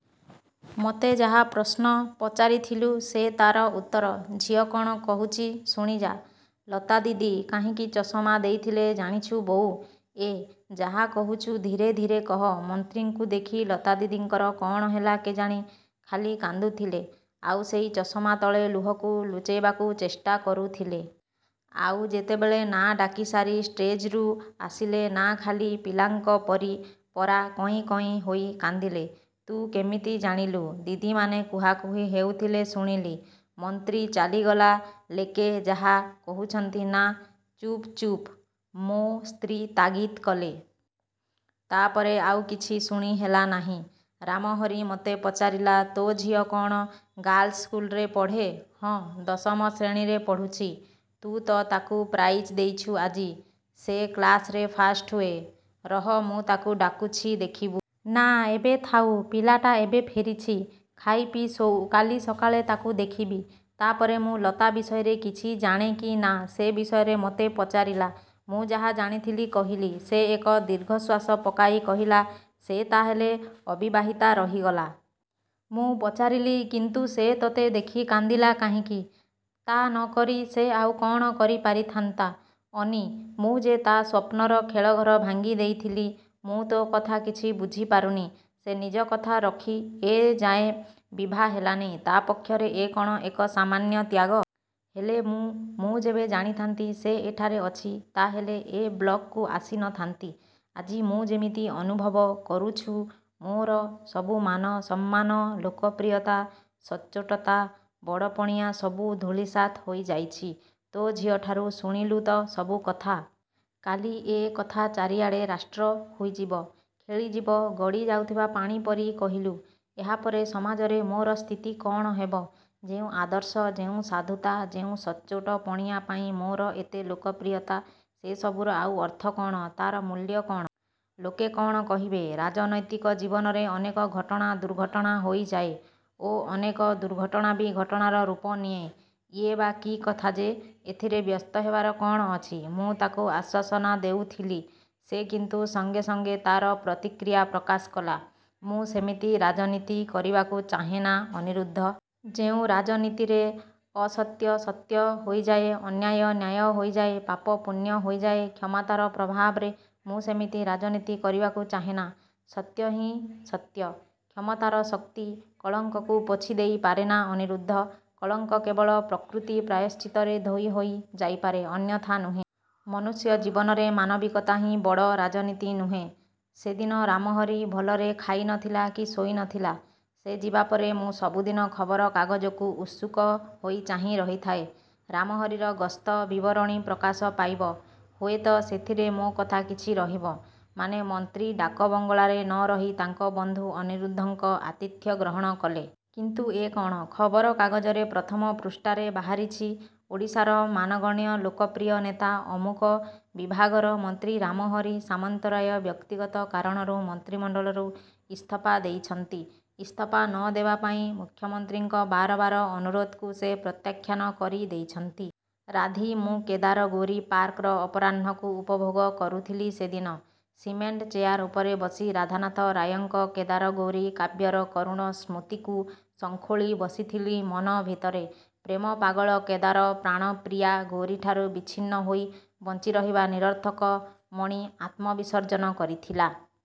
ମୋତେ ଯାହା ପ୍ରଶ୍ନ। ପଚାରିଥିଲୁ ସେ ତା'ର ଉତ୍ତର। ଝିଅ କ'ଣ କହୁଛି ଶୁଣିଯା-। ଲତାଦିଦି କାହିଁକି ଚଷମା ଦେଇଥିଲେ ଜାଣିଛୁ ବୋଉ? ଏଃ, ଯାହା କହୁଛୁ ଧୀରେ ଧୀରେ କହ। ମନ୍ତ୍ରୀଙ୍କୁ ଦେଖି ଲତାଦିଦିଙ୍କର କ'ଣ ହେଲା କେଜାଣି ଖାଲି କାନ୍ଦୁଥିଲେ; ଆଉ ସେଇ ଚଷମା ତଳେ ଲୁହକୁ ଲୁଚେଇବାକୁ ଚେଷ୍ଟା କରୁଥିଲେ। ଆଉ ଯେତେବେଳେ ନାଆଁ ଡାକି ସାରି ଷ୍ଟେଜ୍ରୁ ଆସିଲେ ନା ଖାଲି ପିଲାଙ୍କ ପରି ପରା କଇଁ କଇଁ ହୋଇ କାନ୍ଦିଲେ। ତୁ କେମିତି ଜାଣିଲୁ? ଦିଦିମାନେ କୁହାକୁହି ହେଉଥିଲେ ଶୁଣିଲି। ମନ୍ତ୍ରୀ ଚାଲିଗଲା ଲେକେ ଯାହା କହୁଛନ୍ତି ନା "ଚୁପ୍ ଚୁପ୍" ମୋ' ସ୍ତ୍ରୀ ତାଗିଦ୍ କଲେ। ତା'ପରେ ଆଉ କିଛି ଶୁଣି ହେଲା ନାହିଁ। ରାମହରି ମୋତେ ପଚାରିଲା-ତୋ ଝିଅ କ'ଣ ଗାର୍ଲସ ସ୍କୁଲରେ ପଢ଼େ? ହଁ, ଦଶମ ଶ୍ରେଣୀରେ ପଢ଼ୁଛି। ତୁ ତ ତାକୁ ପ୍ରାଇଜ୍ ଦେଇଛୁ ଆଜି। ସେ କ୍ଲାସରେ ଫାଷ୍ଟ ହୁଏ। ରହ, ମୁଁ ତାକୁ ଡାକୁଛି ଦେଖିବୁ। ନା, ଏବେ ଥାଉ। ପିଲଟା ଏବେ ଫେରିଛି। ଖାଇପିଇ ଶୋଉ। କାଲି ସକାଳେ ତାକୁ ଦେଖିବି। ତା'ପରେ ମୁଁ ଲତା ବିଷୟରେ କିଛି ଜାଣେ କି ନା ସେ ବିଷୟରେ ମୋତେ ପଚାରିଲା। ମୁଁ ଯାହା ଜାଣିଥିଲି କହିଲି। ସେ ଏକ ଦୀର୍ଘଶ୍ଵାସ ପକାଇ କହିଲା-ସେ ତା'ହେଲେ ଅବିବାହିତା ରହିଗଲା? ମୁଁ ପଚାରିଲି-କିନ୍ତୁ ସେ ତୋତେ ଦେଖି କାନ୍ଦିଲା କାହିଁକି? -ତା' ନକରି ସେ ଆଉ କ'ଣ କରିପାରିଥାନ୍ତା। ଅନି? ମୁଁ ଯେ ତା' ସ୍ଵପ୍ନର ଖେଳଘର ଭାଙ୍ଗି ଦେଇଥିଲି। ମୁଁ ତୋ' କଥା କିଛି ବୁଝିପାରୁନି। ସେ ନିଜକଥା ରଖି ଏ ଯାଏ ବିଭାହେଲାନି, ତା'ପକ୍ଷରେ ଏ କ'ଣ ଏକ ସାମାନ୍ୟ ତ୍ୟାଗ-? ହେଲେ ମୁଁ? ମୁଁ ଯେବେ ଜାଣିଥାନ୍ତି ସେ ଏଠାରେ ଅଛି ତା'ହେଲେ ଏ ବ୍ଲକକୁ ଆସି ନଥାନ୍ତି-। ଆଜି ମୁଁ ଯେମିତି ଅନୁଭବ କରୁଛୁ ମୋର ସବୁ ମାନ ସମ୍ମାନ, ଲୋକପ୍ରିୟତା, ସଚ୍ଚୋଟତା ବଡ଼ପଣିଆ ସବୁ ଧୂଳିସାତ୍ ହୋଇଯାଇଛି। ତୋ' ଝିଅଠାରୁ ଶୁଣିଲୁ ତ ସବୁ କଥା। କାଲି ଏ କଥା ଚାରିଆଡ଼େ ରାଷ୍ଟ୍ର ହୋଇଯିବ-ଖେଳିଯିବ ଗଡ଼ିଯାଉଥିବା ପାଣି ପରି। କହିଲୁ-ଏହାପରେ ସମାଜରେ ମୋର ସ୍ଥିତି କ'ଣ ହେବ? ଯେଉଁ ଆଦର୍ଶ, ଯେଉଁ ସାଧୁତା, ଯେଉଁ ସଚ୍ଚୋଟପଣିଆ ପାଇଁ ମୋର ଏତେ ଲୋକପ୍ରିୟତା ସେ ସବୁର ଆଉ ଅର୍ଥ କ'ଣ? ତା'ର ମୂଲ୍ୟ କ'ଣ? ଲୋକେ କ'ଣ କହିବେ? 'ରାଜନୈତିକ ଜୀବନରେ ଅନେକ ଘଟଣା ଦୁର୍ଘଟଣା ହୋଇଯାଏ ଓ ଅନେକ ଦୁର୍ଘଟଣା ବି ଘଟଣାର ରୂପ ନିଏ। ଇଏ ବା କି କଥା ଯେ ଏଥିରେ ବ୍ୟସ୍ତ ହେବାର କ'ଣ ଅଛି? -ମୁଁ ତାକୁ ଆଶ୍ଵାସନା ଦେଉଥିଲି। ସେ କିନ୍ତୁ ସଙ୍ଗେ ସଙ୍ଗେ ତା'ର ପ୍ରତିକ୍ରିୟା ପ୍ରକାଶ କଲା- 'ମୁଁ ସେମିତି ରାଜନୀତି କରିବାକୁ ଚାହେଁନା ଅନିରୁଦ୍ଧ। ଯେଉଁ ରାଜନୀତିରେ ଅସତ୍ୟ ସତ୍ୟ ହୋଇଯାଏ, ଅନ୍ୟାୟ ନ୍ୟାୟ ହୋଇଯାଏ, ପାପ ପୁଣ୍ୟ ହୋଇଯାଏ, କ୍ଷମତାର ପ୍ରଭାବରେ ମୁଁ ସେମିତି ରାଜନୀତି କରିବାକୁ ଚାହେଁନା। ସତ୍ୟ ହିଁ ସତ୍ୟ। କ୍ଷମତାର ଶକ୍ତି କଳଙ୍କକୁ ପୋଛି ଦେଇ ପାରେନା ଅନିରୁଦ୍ଧ, କଳଙ୍କ କେବଳ ପ୍ରକୃତି ପ୍ରାୟଶ୍ଚିତରେ ଧୋଇ ହୋଇ ଯାଇପାରେ, ଅନ୍ୟଥା ନୁହେଁ। ମନୁଷ୍ୟ ଜୀବନରେ ମାନବିକତା ହିଁ ବଡ଼-ରାଜନୀତି ନୁହେଁ। ସେଦିନ ରାମହରି ଭଲରେ ଖାଇ ନଥିଲା କି ଶୋଇ ନଥିଲା। ସେ ଯିବାପରେ ମୁଁ ସବୁଦିନ ଖବର କାଗଜକୁ ଉତ୍ସୁକ ହୋଇ ଚାହିଁ ରହିଥାଏ-ରାମହରିର ଗସ୍ତ ବିବରଣୀ ପ୍ରକାଶ ପାଇବ-ହୁଏତ ସେଥିରେ ମୋ' କଥା କିଛି ରହିବ, ମାନେ ମନ୍ତ୍ରୀ ଡାକବଙ୍ଗଳାରେ ନରହି ତାଙ୍କ ବନ୍ଧୁ ଅନିରୁଦ୍ଧଙ୍କ ଆତିଥ୍ୟ ଗ୍ରହଣ କଲେ। କିନ୍ତୁ ଏ କ'ଣ? ଖବର କାଗଜରେ ପ୍ରଥମ ପୃଷ୍ଠାରେ ବାହାରିଛି-"ଓଡ଼ିଶାର ମାନଗଣ୍ୟ ଲୋକପ୍ରିୟ ନେତା, ଅମୁକ ବିଭାଗର ମନ୍ତ୍ରୀ ରାମହରି ସାମନ୍ତରାୟ ବ୍ୟକ୍ତିଗତ କାରଣରୁ ମନ୍ତ୍ରୀମଣ୍ଡଳରୁ ଇସ୍ତଫା ଦେଇଛନ୍ତି। ଇସ୍ତଫା ନ ଦେବା ପାଇଁ ମୁଖ୍ୟମନ୍ତ୍ରୀଙ୍କ ବାର ବାର ଅନୁରୋଧକୁ ସେ ପ୍ରତ୍ୟାଖ୍ୟାନ କରି ଦେଇଛନ୍ତି। " ରାଧି ମୁଁ କେଦାର-ଗୌରୀ ପାର୍କର ଅପରାହ୍ନକୁ ଉପଭୋଗ କରୁଥିଲି ସେଦିନ। ସିମେଣ୍ଟ ଚେୟାର ଉପରେ ବସି ରାଧାନାଥ ରାୟଙ୍କ କେଦାର-ଗୌରୀ କାବ୍ୟର କରୁଣ ସ୍ମୃତିକୁ ଶଙ୍ଖୋଳି ବସିଥିଲି ମନ ଭିତରେ। ପ୍ରେମ ପାଗଳ କେଦାର ପ୍ରାଣପ୍ରିୟା ଗୌରୀଠାରୁ ବିଚ୍ଛିନ୍ନ ହୋଇ ବଞ୍ଚି ରହିବା ନିରର୍ଥକ ମଣି ଆତ୍ମବିସର୍ଜନ କରିଥିଲା।